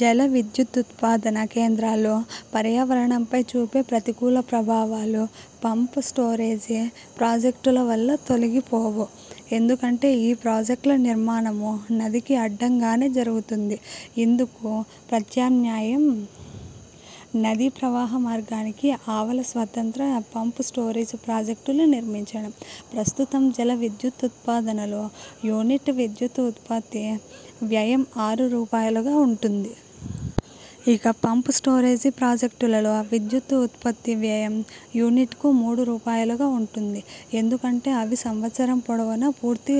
జల విద్యుదుత్పాదన కేంద్రాలు పర్యావరణంపై చూపే ప్రతికూల ప్రభావాలు పంప్– స్టోరేజి ప్రాజెక్టుల వల్ల తొలగిపోవు. ఎందుకంటే ఈ ప్రాజెక్ట్ల నిర్మాణమూ నదికి అడ్డంగానే జరుగుతుంది. ఇందుకు ప్రత్యామ్నాయం నదీ ప్రవాహ మార్గానికి ఆవల స్వతంత్ర పంప్– స్టోరేజి ప్రాజెక్టులు నిర్మించడం. ప్రస్తుతం జల విద్యుదుత్పాదనలో యూనిట్ విద్యుత్ ఉత్పత్తి వ్యయం ఆరు రూపాయలుగా వుంటుంది. ఇక పంప్– స్టోరేజి ప్రాజెక్టులలో విద్యుత్ ఉత్పత్తి వ్యయం యూనిట్కు మూడు రూపాయలుగా వుంటుంది. ఎందుకంటే ఆవి సంవత్సరం పొడవునా పూర్తి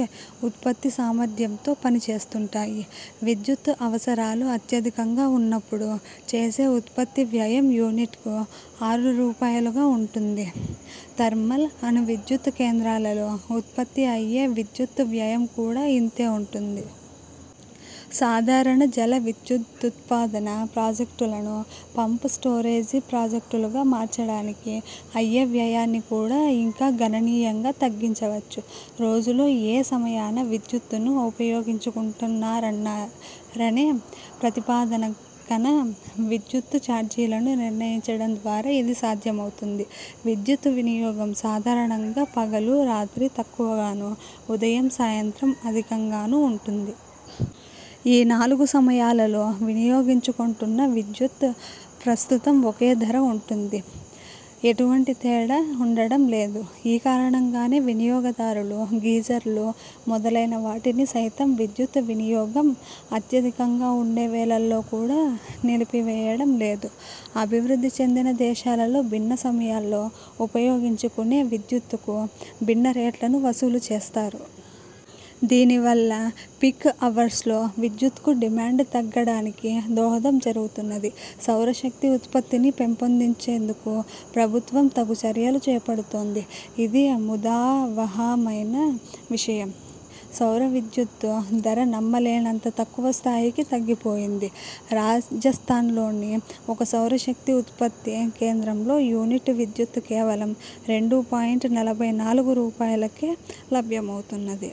ఉత్పత్తి సామర్థ్యంతో పనిచేస్తుంటాయి. విద్యుత్ అవసరాలు అత్యధికంగా వున్నప్పుడు చేసే ఉత్పత్తి వ్యయం యూనిట్కు ఆరు రూపాయలుగా వుంటుంది. ధర్మల్, అణువిద్యుత్ కేంద్రాలలో ఉత్పత్తి అయ్యే విద్యుత్తు వ్యయం కూడా ఇంతే వుంటుంది. సాధారణ జల విద్యుదుత్పాదన ప్రాజెక్టులను పంప్– స్టోరేజి ప్రాజెక్టులుగా మార్చడానికి అయ్యే వ్యయాన్ని కూడా ఇంకా గణనీయంగా తగ్గించవచ్చు. రోజులో ఏ సమయాన విద్యుత్తును ఉపయోగించుకుంటున్నారనే ప్రాతిపదికన విద్యుత్తు చార్జీలను నిర్ణయించడం ద్వారా ఇది సాధ్యమవుతుంది. విద్యుత్ వినియోగం సాధారణంగా పగలు, రాత్రి తక్కువగాను, ఉదయం, సాయంత్రం అధికంగాను ఉంటుంది. ఈ నాలుగు సమయాలలో వినియోగించుకొంటున్న విద్యుత్కు ప్రస్తుతం ఒకే ధర వుంటుంది. ఎటువంటి తేడా ఉండడం లేదు. ఈ కారణంగానే వినియోగదారులు గీజర్లు మొదలైన వాటిని సైతం విద్యుత్ వినియోగం అత్యధికంగా వుండే వేళల్లో కూడా నిలిపివేయడం లేదు. అభివృద్ధి చెందిన దేశాలలో భిన్న సమయాల్లో ఉపయోగించుకునే విద్యుత్తుకు భిన్న రేట్లను వసూలు చేస్తారు. దీనివల్ల పీక్ అవర్స్లో విద్యుత్కు డిమాండ్ తగ్గడానికి దోహదం జరుగుతున్నది. సౌరశక్తి ఉత్పత్తిని పెంపొందించేందుకు ప్రభుత్వం తగు చర్యలు చేపడుతోంది. ఇది ముదావహమైన విషయం. సౌర విద్యుత్తు ధర నమ్మలేనంత తక్కువ స్థాయికి తగ్గిపోయింది. రాజస్థాన్లోని ఒక సౌరశక్తి ఉత్పత్తి కేంద్రంలో యూనిట్ విద్యుత్తు కేవలం రెండు పాయింట్ నలభై నాలుగు రూపాయలుకే లభ్యమవుతున్నది.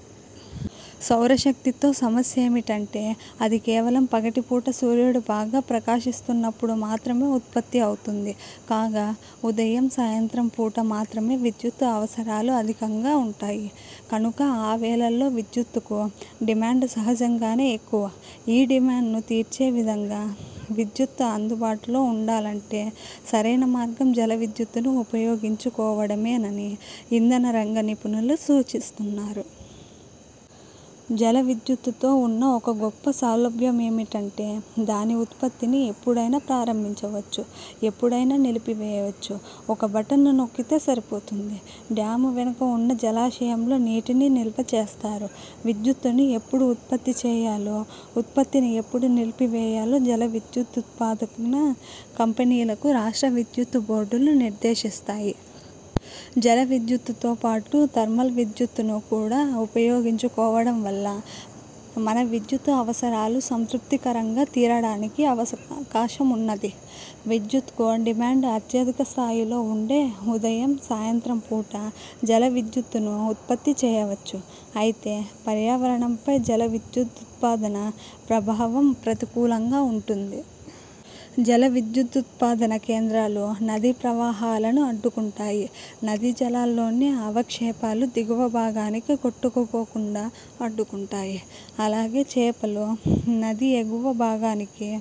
సౌరశక్తితో సమస్యేమిటంటే అది కేవలం పగటి పూట సూర్యుడు బాగా ప్రకాశిస్తున్నప్పుడు మాత్రమే ఉత్పత్తి అవుతుంది. కాగా ఉదయం, సాయంత్రం పూట మాత్రమే విద్యుత్తు అవసరాలు అధికంగా ఉంటాయి. కనుక ఆ వేళల్లో విద్యుత్తుకు డిమాండ్ సహజంగానే ఎక్కువ. ఈ డిమాండ్ను తీర్చే విధంగా విద్యుత్ అందుబాటులో వుండాలంటే సరైన మార్గం జల విద్యుత్తును ఉపయోగించుకోవడమేనని ఇంధన రంగ నిపుణులు సూచిస్తున్నారు. జల విద్యుత్తుతో వున్న ఒక గొప్ప సౌలభ్యమేమిటంటే దాని ఉత్పత్తిని ఎప్పుడైనా ప్రారంభించవచ్చు, ఎప్పుడైనా నిలిపివేయవచ్చు. ఒక బటన్ నొక్కితే సరిపోతుంది. డ్యామ్ వెనుక వున్న జలాశయంలో నీటిని నిల్వ చేస్తారు. విద్యుత్తును ఎప్పుడు ఉత్పత్తి చేయాలో, ఉత్పత్తిని ఎప్పుడు నిలిపివేయాలో జల విద్యుదుత్పాదన కంపెనీలకు రాష్ట్ర విద్యుత్ బోర్డులు నిర్దేశిస్తాయి. జల విద్యుత్తో పాటు ధర్మల్ విద్యుత్ను కూడా ఉపయోగించుకోవడం వల్ల మన విద్యుత్ అవసరాలు సంతృప్తికరంగా తీరడానికి అవకాశమున్నది. విద్యుత్కు డిమాండ్ అత్యధిక స్థాయిలో వుండే ఉదయం, సాయంత్రం పూట జల విద్యుత్తును ఉత్పత్తి చేయవచ్చు. అయితే పర్యావరణంపై జల విద్యుదుత్పాదన ప్రభావం ప్రతికూలంగా వుంటుంది. జలవిద్యుదుత్పాదన కేంద్రాలు నదీ ప్రవాహాలను అడ్డుకుంటాయి. నదీ జలాల్లోని అవక్షేపాలు దిగువ భాగానికి కొట్టుకుపోకుండా అడ్డుకుంటాయి. అలాగే చేపలు నది ఎగువ భాగానికి